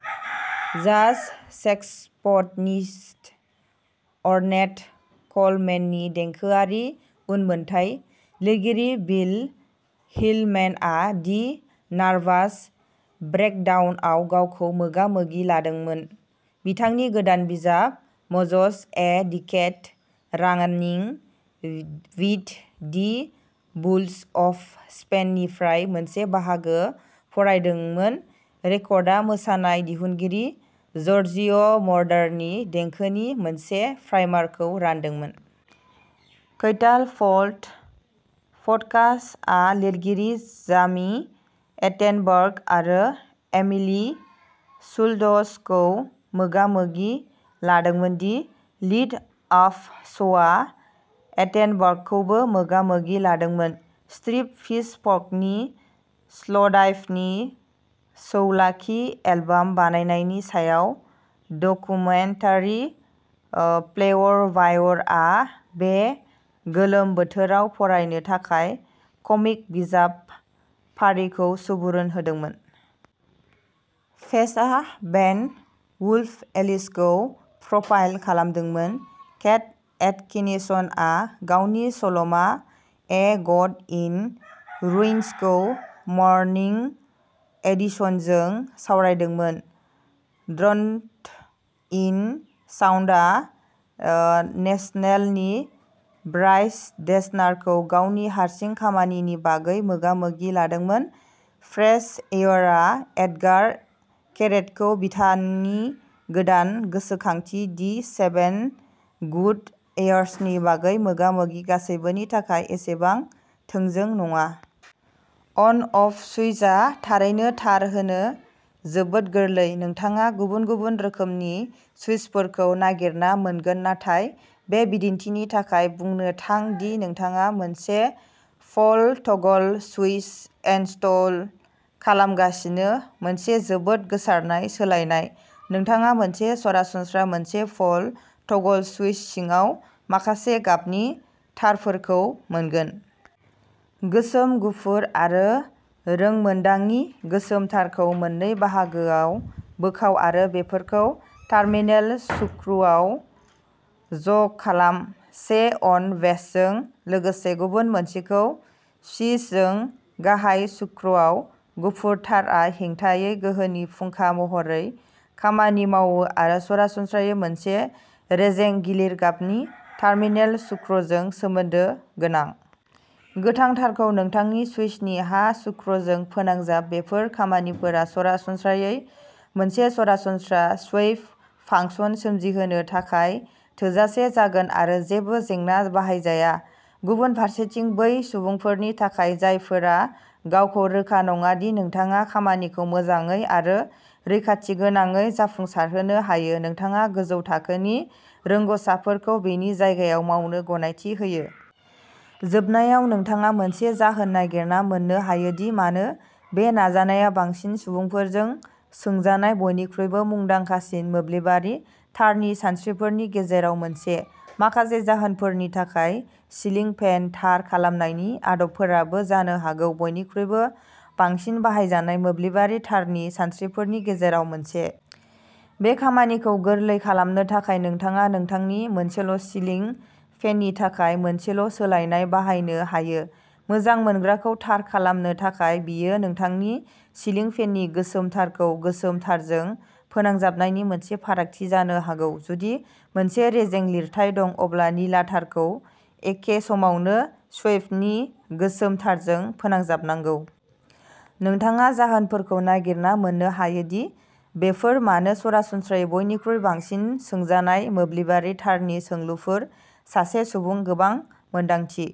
जाज saxophonist Ornette क'लमेननि देंखोआरि उनमोनथाइ। लिरगिरि बिल हिलमेनआ दि नार्भास ब्रेकडाउनआव गावखौ मोगा-मोगि लादोंमोन। बिथांनि गोदान बिजाब, mozos a decade running with the bulls of स्पेननिफ्राय मोनसे बाहागो फरायदोंमोन। रेकर्डआ मोसानाय दिहुनगिरि ज'र्जिय'मर'डारनि देंखोनि मोनसे प्राइमारखौ रानदोंमोन। कैटापल्ट पडकास्टआ लिरगिरि जामि एटेनबर्ग आरो एमिलि शुल्ट्जखौ मोगा-मोगि लादोंमोन। दि लिट आप श'आ एटेनबर्गखौबो मोगा-मोगि लादोंमोन। स्ट्रिम पिचफर्कनि स्ल'डाइभनि सौवलाकी एलबाम बानायनायनि सायाव डकुमेन्टारि। ओ फ्लेवरवायरआ बे गोलोम बोथोराव फरायनो थाखाय कमिक बिजाब फारिखौ सुबुरुन होदोंमोन। पेस्टआ बेन्ड वुल्फ एलिसखौ प्रफाइल खालामदोंमोन। केट एटकिनसनआ गावनि सल'मा ए गड इन रुइन्सखौ मर्निं एडिशनजों सावरायदोंमोन। ड्र'न्ड इन साउन्डआ ओ नेसनेलनि ब्राइस डेसनारखौ गावनि हारसिं खामानिनि बागै मोगा-मोगि लादोंमोन। फ्रेश एयरआ एट्गार केरेटखौ बिथांनि गोदान गोसोखांथि दि सेभेन गुड इयार्सनि बागै मोगा-मोगि गासैबोनि थाखाय एसेबां थोंजों नङा। अन-अफ सुइचआ थारैनो तार होनो जोबोद गोरलै। नोंथाङा गुबुन-गुबुन रोखोमनि सुइचफोरखौ नागिरना मोनगोन, नाथाय बे बिदिन्थिनि थाखाय बुंनो थां दि नोंथाङा मोनसे पल टगल सुइच इनस्टल खालामगासिनो, मोनसे जोबोद गोसारनाय सोलायनाय। नोंथाङा मोनसे सरासनस्रा मोनसे पल टगल सुइच सिङाव माखासे गाबनि तारफोरखौ मोनगोन। गोसोम, गुफुर, आरो रोंमोन्दांङि। गोसोम तारखौ मोननै बाहागोआव बोखाव आरो बेफोरखौ टार्मिनेल स्क्रुआव ज'खालाम-से अन बेस्टजों लोगोसे गुबुन मोनसेखौ स्विचजों गाहाय स्क्रुआव। गुफुर तारआ हेंथाहायै गोहोनि फुंखा महरै खामानि मावो आरो सरासनस्रायै मोनसे रेजें-गिलिर गाबनि टार्मिनेल स्क्रुजों सोमोन्दो गोनां। गोथां तारखौ नोंथांनि सुइचनि हा स्क्रुजों फोनांजाब। बेफोर खामानिफोरा सरासनस्रायै मोनसे सरासनस्रा स्वैप फांसन सोमजिहोनो थाखाय थोजासे जागोन आरो जेबो जेंना बाहायजाया। गुबुन फारसेथिं, बै सुबुंफोरनि थाखाय जायफोरा गावखौ रोखा नङा दि नोंथाङा खामानिखौ मोजाङै आरो रैखाथिगोनाङै जाफुंसारहोनो हायो, नोंथाङा गोजौ थाखोनि रोंग'सारफोरखौ बेनि जायगायाव मावनो गनायथि होयो। जोबनायाव, नोंथाङा मोनसे जाहोन नागिरना मोन्नो हायो दि मानो बे नाजानाया बांसिन सुबुंफोरजों सोंजानाय बयनिख्रुइबो मुंदांखासिन मोब्लिबारि तारनि सानस्रिफोरनि गेजेराव मोनसे। माखासे जाहोनफोरनि थाखाय, सिलिं फेन तार खालामनायनि आदबफोराबो जानो हागौ बयनिख्रुइबो बांसिन बाहायजानाय मोब्लिबारि तारनि सानस्रिफोरनि गेजेराव मोनसे। बे खामानिखौ गोरलै खालामनो थाखाय, नोंथाङा नोंथांनि मोनसेल'सिलिं फेननि थाखाय मोनसेल'सोलायनाय बाहायनो हायो। मोजां मोनग्राखौ तार खालामनो थाखाय, बेयो नोंथांनि सिलिं फेननि गोसोम तारखौ गोसोम तारजों फोनांजाबनायनि मोनसे फारागथि जानो हागौ। जुदि मोनसे रेजें-लिरथाय दं, अब्ला निला तारखौ एखे समावनो स्वैपनि गोसोम तारजों फोनांजाबनांगौ। नोंथाङा जाहोनफोरखौ नागिरना मोन्नो हायो दि बेफोर मानो सरासनस्रायै बयनिख्रुइ बांसिन सोंजानाय मोब्लिबारि तारनि सोंलुफोर। सासे सुबुं, गोबां मोन्दांथि।